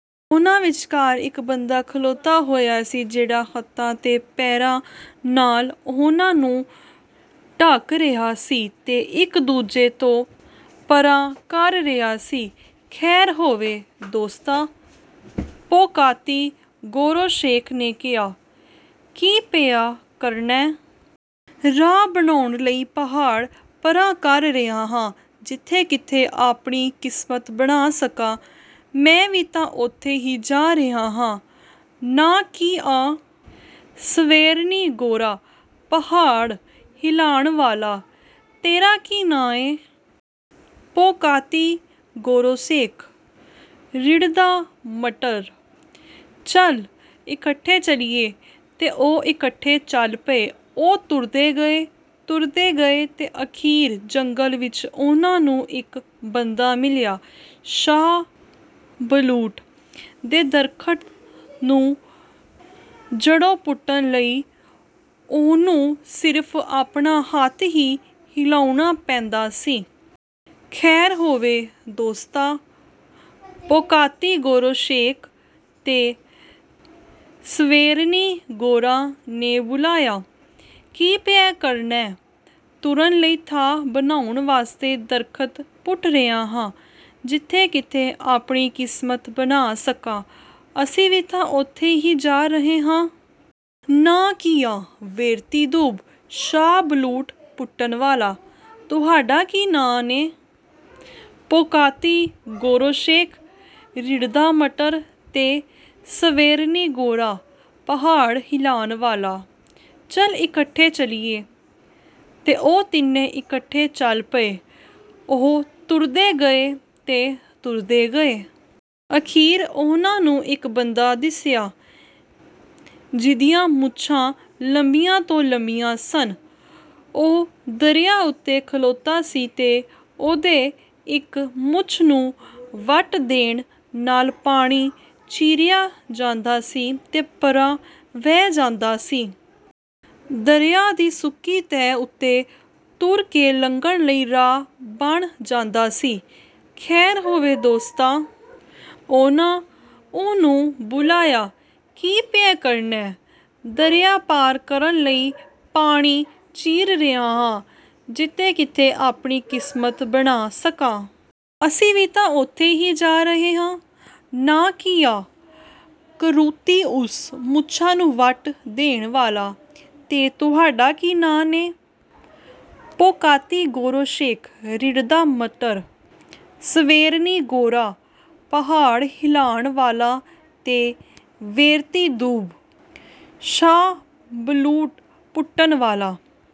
ਉਹਨਾਂ ਵਿਚਕਾਰ ਇੱਕ ਬੰਦਾ ਖਲੋਤਾ ਹੋਇਆ ਸੀ, ਜਿਹੜਾ ਹੱਥਾਂ ਤੇ ਪੈਰਾਂ ਨਾਲ ਉਹਨਾਂ ਨੂੰ ਧੱਕ ਰਿਹਾ ਸੀ ਤੇ ਇੱਕ-ਦੂਜੇ ਤੋਂ ਪਰ੍ਹਾਂ ਕਰ ਰਿਹਾ ਸੀ। “ਖ਼ੈਰ ਹੋਵੇ, ਦੋਸਤਾ!” ਪੋਕਾਤੀ-ਗੋਰੋਸ਼ੇਕ ਨੇ ਕਿਹਾ। “ਕੀ ਪਿਆ ਕਰਨੈਂ? ਰਾਹ ਬਣਾਉਣ ਲਈ ਪਹਾੜ ਪਰ੍ਹਾਂ ਕਰ ਰਿਹਾ ਹਾਂ। ਜਿੱਥੇ ਕਿਤੇ ਆਪਣੀ ਕਿਸਮਤ ਬਣਾ ਸਕਾਂ।” “ਮੈਂ ਵੀ ਤਾਂ ਓਥੇ ਹੀ ਜਾ ਰਿਹਾ ਹਾਂ। ਨਾਂ ਕੀ ਆ?” “ਸਵੇਰਨੀ-ਗੋਰਾ, ਪਹਾੜ ਹਿਲਾਣ ਵਾਲਾ। ਤੇਰਾ ਕੀ ਨਾਂ ਏ?” “ਪੋਕਾਤੀ-ਗੋਰੋਸ਼ੇਕ, ਰਿੜ੍ਹਦਾ ਮਟਰ। ਚੱਲ, ਇਕੱਠੇ ਚੱਲੀਏ।” ਤੇ ਉਹ ਇਕੱਠੇ ਚੱਲ ਪਏ। ਉਹ ਤੁਰਦੇ ਗਏ, ਤੁਰਦੇ ਗਏ ਤੇ ਅਖ਼ੀਰ ਜੰਗਲ ਵਿੱਚ ਉਹਨਾਂ ਨੂੰ ਇੱਕ ਬੰਦਾ ਮਿਲਿਆ। ਸ਼ਾਹ ਬਲੂਤ ਦੇ ਦਰਖ਼ਤ ਨੂੰ ਜੜ੍ਹੋਂ ਪੁੱਟਣ ਲਈ ਉਹਨੂੰ ਸਿਰਫ਼ ਆਪਣਾ ਹੱਥ ਹੀ ਹਿਲਾਉਣਾ ਪੈਂਦਾ ਸੀ। “ਖ਼ੈਰ ਹੋਵੇ, ਦੋਸਤਾ!” ਪੋਕਾਤੀ-ਗੋਰੋਸ਼ੇਕ ਤੇ ਸਵੇਰਨੀ-ਗੋਰਾ ਨੇ ਬੁਲਾਇਆ। “ਕੀ ਪਿਆ ਕਰਨੈਂ?” “ਤੁਰਨ ਲਈ ਥਾਂ ਬਣਾਉਣ ਵਾਸਤੇ ਦਰਖ਼ਤ ਪੁੱਟ ਰਿਹਾ ਹਾਂ।” “ਜਿੱਥੇ ਕਿਤੇ ਆਪਣੀ ਕਿਸਮਤ ਬਣਾ ਸਕਾਂ।” “ਅਸੀਂ ਵੀ ਤਾਂ ਓਥੇ ਹੀ ਜਾ ਰਹੇ ਹਾਂ। ਨਾਂ ਕੀ ਆ?” “ਵੇਰਤੀ-ਦੂਬ, ਸ਼ਾਹ ਬਲੂਤ ਪੁੱਟਣ ਵਾਲਾ। ਤੁਹਾਡੇ ਕੀ ਨਾਂ ਨੇ?” “ਪੋਕਾਤੀ-ਗੋਰੋਸ਼ੇਕ, ਰਿੜ੍ਹਦਾ ਮਟਰ, ਤੇ ਸਵੇਰਨੀ-ਗੋਰਾ, ਪਹਾੜ ਹਿਲਾਣ ਵਾਲਾ। ਚੱਲ, ਇਕੱਠੇ ਚੱਲੀਏ।” ਤੇ ਉਹ ਤਿੰਨੇ ਇਕੱਠੇ ਚੱਲ ਪਏ। ਉਹ ਤੁਰਦੇ ਗਏ ਤੇ ਤੁਰਦੇ ਗਏ। ਅਖ਼ੀਰ ਉਹਨਾਂ ਨੂੰ ਇੱਕ ਬੰਦਾ ਦਿੱਸਿਆ, ਜਿਹਦੀਆਂ ਮੁੱਛਾਂ ਲੰਮੀਆਂ ਤੋਂ ਲੰਮੀਆਂ ਸਨ। ਉਹ ਦਰਿਆ ਉੱਤੇ ਖਲੋਤਾ ਸੀ ਤੇ ਉਹਦੇ ਇੱਕ ਮੁੱਛ ਨੂੰ ਵੱਟ ਦੇਣ ਨਾਲ ਪਾਣੀ ਚੀਰਿਆ ਜਾਂਦਾ ਸੀ ਤੇ ਪਰ੍ਹਾਂ ਵਹਿ ਜਾਂਦਾ ਸੀ। ਦਰਿਆ ਦੀ ਸੁੱਕੀ ਤਹਿ ਉੱਤੇ ਤੁਰ ਕੇ ਲੰਘਣ ਲਈ ਰਾਹ ਬਣ ਜਾਂਦਾ ਸੀ। “ਖ਼ੈਰ ਹੋਵੇ, ਦੋਸਤਾ!” ਉਹਨਾਂ ਉਹਨੂੰ ਬੁਲਾਇਆ। “ਕੀ ਪਿਆ ਕਰਨੈਂ?” “ਦਰਿਆ ਪਾਰ ਕਰਨ ਲਈ ਪਾਣੀ ਚੀਰ ਰਿਹਾ ਹਾਂ। ਜਿੱਥੇ ਕਿਤੇ ਆਪਣੀ ਕਿਸਮਤ ਬਣਾ ਸਕਾਂ।” “ਅਸੀਂ ਵੀ ਤਾਂ ਓਥੇ ਹੀ ਜਾ ਰਹੇ ਹਾਂ। ਨਾਂ ਕੀ ਆ?” “ਕਰੂਤੀ-ਉਸ, ਮੁੱਛਾਂ ਨੂੰ ਵੱਟ ਦੇਣ ਵਾਲਾ। ਤੇ ਤੁਹਾਡੇ ਕੀ ਨਾਂ ਨੇ?” “ਪੋਕਾਤੀ-ਗੋਰੋਸ਼ੇਕ, ਰਿੜ੍ਹਦਾ ਮਟਰ, ਸਵੇਰਨੀ-ਗੋਰਾ, ਪਹਾੜ ਹਿਲਾਣ ਵਾਲਾ ਤੇ ਵੇਰਤੀ-ਦੂਬ, ਸ਼ਾਹ ਬਲੂਤ ਪੁੱਟਣ ਵਾਲਾ।